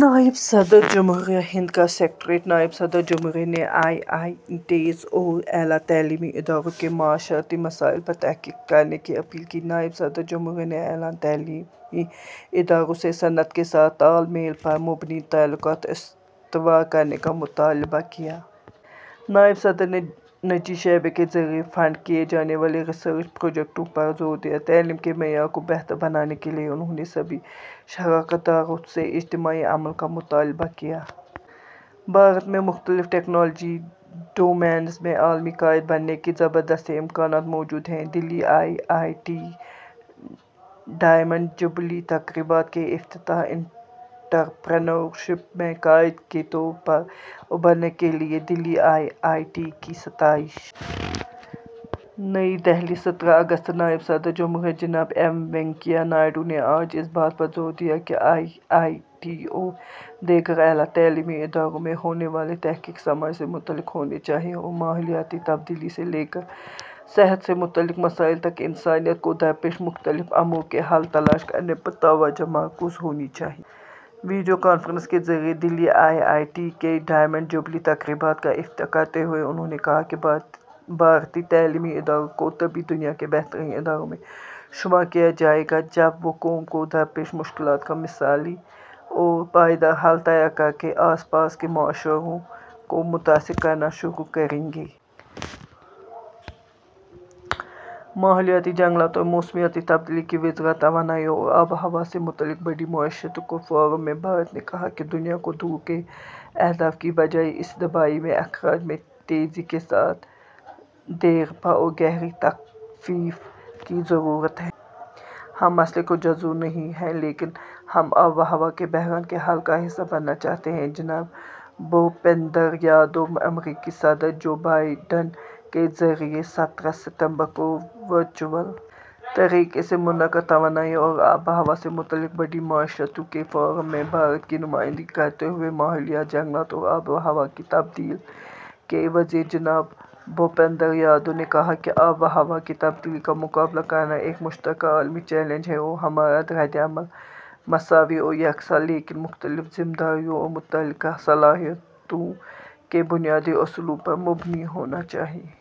نائب صدر جمہوریہ ہند کا سکریٹریٹ نائب صدر جمہوریہ نے آئی آئی ٹیز اور اعلیٰ تعلیمی اداروں سے معاشرتی مسائل پر تحقیق کرنے کی اپیل کی۔ نائب صدر جمہوریہ نے اعلیٰ تعلیمی اداروں سے صنعت کے ساتھ تال میل پر مبنی تعلقات استوار کرنے کا مطالبہ کیا۔ نائب صدر نے نجی شعبے کے ذریعے فنڈ کیے جانے والے ریسرچ پروجیکٹوں پر زور دیا۔ تعلیم کے معیار کو بہتر بنانے کے لیے انہوں نے سبھی شراکت داروں سے اجتماعی عمل کا مطالبہ کیا۔ بھارت میں مختلف ٹیکنالوجی ڈومینز میں عالمی قائد بننے کے زبردست امکانات موجود ہیں۔ Delhi I I T diamond jubilee تقریبات کا افتتاح۔ انٹرپرینیورشپ میں قائد کے طور پر ابھرنے کے لیے دلی آئی آئی ٹی کی ستائش۔ نئی دلی، سترہ اگست، نائب صدر جمہوریہ، جناب ایم وینکیا نائیڈو نے آج اس بات پر زور دیا کہ آئی آئی ٹی اور دیگر اعلیٰ تعلیمی اداروں میں ہونے والی تحقیق سماج سے متعلق ہونی چاہیے اور ماحولیاتی تبدیلی سے لے کر صحت سے متعلق مسائل تک انسانیت کو درپیش مختلف امور کے حل تلاش کرنے پر توجہ مرکوز ہونی چاہیے۔ ویڈیو کانفرنس کے ذریعے دلی آئی آئی ٹی کے ڈائمنڈ جبلی تقریبات کا افتتاح کرتے ہوئے انہوں نے کہا کہ بھارتی تعلیمی اداروں کو تبھی دنیا کے بہترین اداروں میں شمار کیا جائے گا، جب وہ قوم کو درپیش مشکلات کا مثالی اور پائیدار حل تیار کرکے آس پاس کے معاشروں کو متاثر کرنا شروع کریں گے۔ ماحولیات، جنگلات اور موسمیاتی تبدیلی کی وزارت توانائی اور آب و ہوا سے متعلق بڑی معیشتوں کے فورم میں بھارت نے کہا کہ دنیا کو دور کے اہداف کی بجائے اسی دہائی میں اخراج میں تیزی کے ساتھ دیرپا اور گہری تخفیف کی ضرورت ہے۔ ہم مسئلے کا جزو نہیں ہیں لیکن ہم آب و ہوا کے بحران کے حل کا حصہ بننا چاہتے ہیں: جناب بھوپیندر یادو۔ امریکی صدر جو بائیڈن کے ذریعے سترہ ستمبر کو ورچوئل طریقے سے منعقدہ توانائی اور آب و ہوا سے متعلق بڑی معیشتوں کے فورم میں بھارت کی نمائندگی کرتے ہوئے ماحولیات، جنگلات اور آب و ہوا کی تبدیلی کے وزیر جناب بھوپیندر یادو نے کہا کہ آب و ہوا کی تبدیلی کا مقابلہ کرنا ایک مشترکہ عالمی چیلنج ہے اور ہمارا ردعمل مساوی اور یکساں لیکن مختلف ذمہ داریوں اور متعلقہ صلاحیتوں کے بنیادی اصولوں پر مبنی ہونا چاہیے۔